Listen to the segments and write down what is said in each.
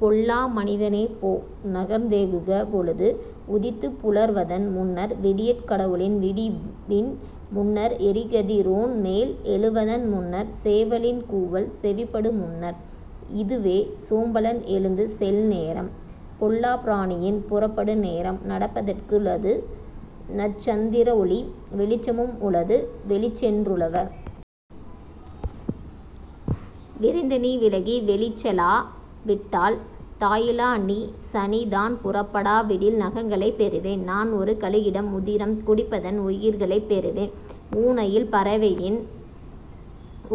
பொல்லா மனிதனே போ நகர்ந் தேகுக பொழுது உதித்துப் புலர்வதன் முன்னர் விடியற் கடவுளின் விடிவின் முன்னர் எறிகதி ரோன்மேல் எழுவதன் முன்னர் சேவலின் கூவல் செவிப்படு முன்னர். இதுவே சோம்பலன் எழுந்துசெல் நேரம் பொல்லாப் பிராணியின் புறப்படு நேரம் நடப்பதற் குளது நற்சந் திரஒளி வெளிச்சமும் உளது வெளிச்சென் றுலவ. விரைந்துநீ விலகி வெளிச்செலா விட்டால் தாயிலா நீசநீ தான்புறப் படாவிடில் நகங்களைப் பெறுவேன் நான்ஒரு கழுகிடம் உதிரம் குடிப்பதன் உகிர்களைப் பெறுவேன் ஊன்அயில் பறவையின்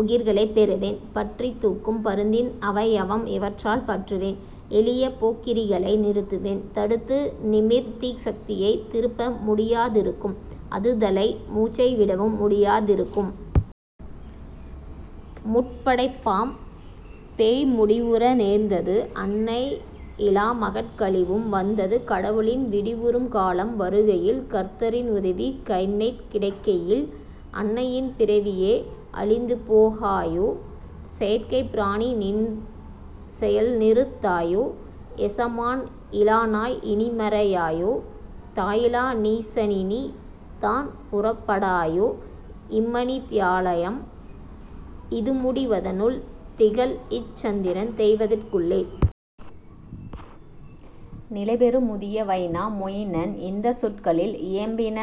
உகிர்களைப் பெறுவேன் பற்றித் தூக்கும் பருந்தின் அவயவம் இவற்றால் பற்றுவேன் எளியபோக் கிரிகளை நிறுத்துவேன் தடுத்து நிமிர்தீச் சக்தியை திருப்ப முடியா திருக்கும் அதுதலை மூச்சை விடவும் முடியா திருக்கும். முற்படைப் பாம்பேய் முடிவுற நேர்ந்தது அன்னை யிலாமகற் கழிவும் வந்தது கடவுளின் விடிவுறும் காலம் வருகையில் கர்த்தரின் உதவி கைமேற் கிடைக்கையில் அன்னையின் பிறவியே அழிந்துபோ காயோ செயற்கைப் பிராணிநின் செயல்நிறுத் தாயோ எசமான் இலாநாய் இனிமறை யாயோ தாயிலா நீசநீ தான்புறப் படாயோ இம்மணித் தியாலம் இதுமுடி வதனுள் திகழ்இச் சந்திரன் தேய்வதற் குள்ளே. நிலைபெறும் முதிய வைனா மொயினன் இந்தச் சொற்களில் இயம்பின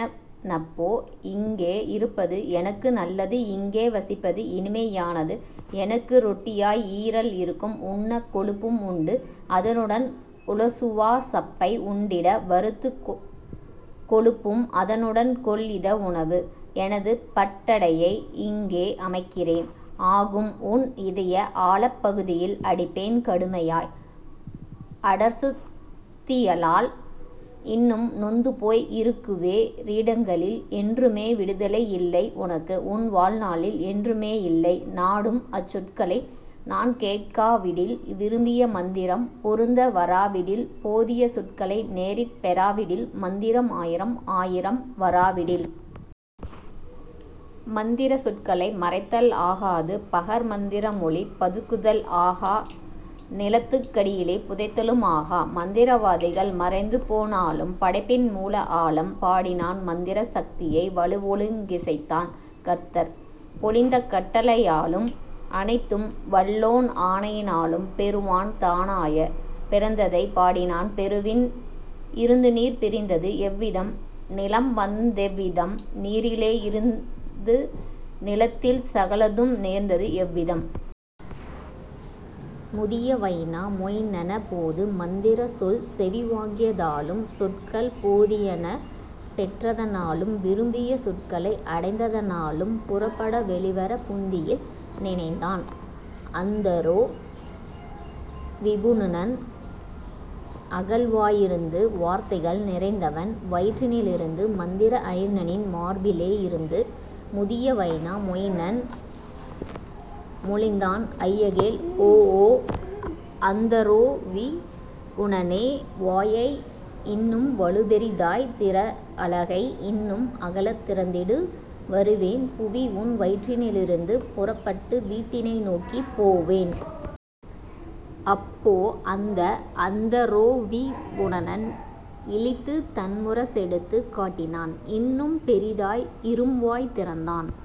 னப்போ இங்கே இருப்பது எனக்கு நல்லது இங்கே வசிப்பது இனிமை யானது எனக்கு ரொட்டியாய் ஈரல் இருக்கும் உண்ணக் கொழுப்பும் உண்டு அதனுடன் உளசுவா சப்பை உண்டிட வறுத்து கொழுப்பும் அதனுடன் கொள்இத உணவு. எனது பட்டடையை இங்கே அமைக்கிறேன் ஆகும்உன் இதய ஆழப் பகுதியில் அடிப்பேன் கடுமையாய் அடர்சுத் தியலால் இன்னும் நொந்துபோய் இருக்குவே றிடங்களில் என்றுமே விடுதலை இல்லை உனக்கு உன்வாழ் நாளில் என்றுமே யில்லை நாடும்அச் சொற்களை நான்கேட் காவிடில் விரும்பிய மந்திரம் பொருந்த வராவிடில் போதிய சொற்களை நேரிற் பெறாவிடில் மந்திரம் ஆயிரம் ஆயிரம் வராவிடில். மந்திரச் சொற்களை மறைத்தல்ஆ காது பகர்மந் திரமொழி பதுக்குதல் ஆகா நிலத்துக் கடியிலே புதைத்தலும் ஆகா மந்திர வாதிகள் மறைந்துபோ னாலும். படைப்பின் மூலத் ஆழம் பாடினான் மந்திர சக்தியை வலுவொழுங் கிசைத்தான் கர்த்தர் மொழிந்த கட்டளை யாலும் அனைத்தும் வல்லோன் ஆணையி னாலும் பெருவான் தானாயப் பிறந்ததைப் பாடினான் பெருவிண் இருந்துநீர் பிரிந்தது எவ்விதம் நிலம்வந் தெவ்விதம் நீரிலே யிருந்து நிலத்தில் சகலதும் நேர்ந்தது எவ்விதம். முதிய வைனா மொயினனப் போது மந்திரச் சொல்செவி வாங்கிய தாலும் சொற்கள்போ தியன பெற்றத னாலும் விரும்பிய சொற்களை அடைந்தத னாலும் புறப்பட வெளிவரப் புந்தியில் நினைந்தான் அந்தரோ விபுனன் அகல்வா யிருந்து வார்த்தைகள் நிறைந்தவன் வயிற்றினி லிருந்து மந்திர அறிஞனின் மார்பிலே யிருந்து. முதிய வைனா மொயினன் மொழிந்தான் ஐயகேள் ஓஓ அந்தரோ விபுனனே வாயை இன்னும் வலுபெரி தாய்த்திற அலகை இன்னும் அகலத் திறந்திடு வருவேன் புவிஉன் வயிற்றினி லிருந்து புறப்பட்டு வீட்டினை நோக்கிப் போவேன். அப்போ அந்த அந்தரோ விபுனன் இளித்துத் தன்முர செடுத்துக் காட்டினான் இன்னும் பெரிதாய் இரும்வாய் திறந்தான்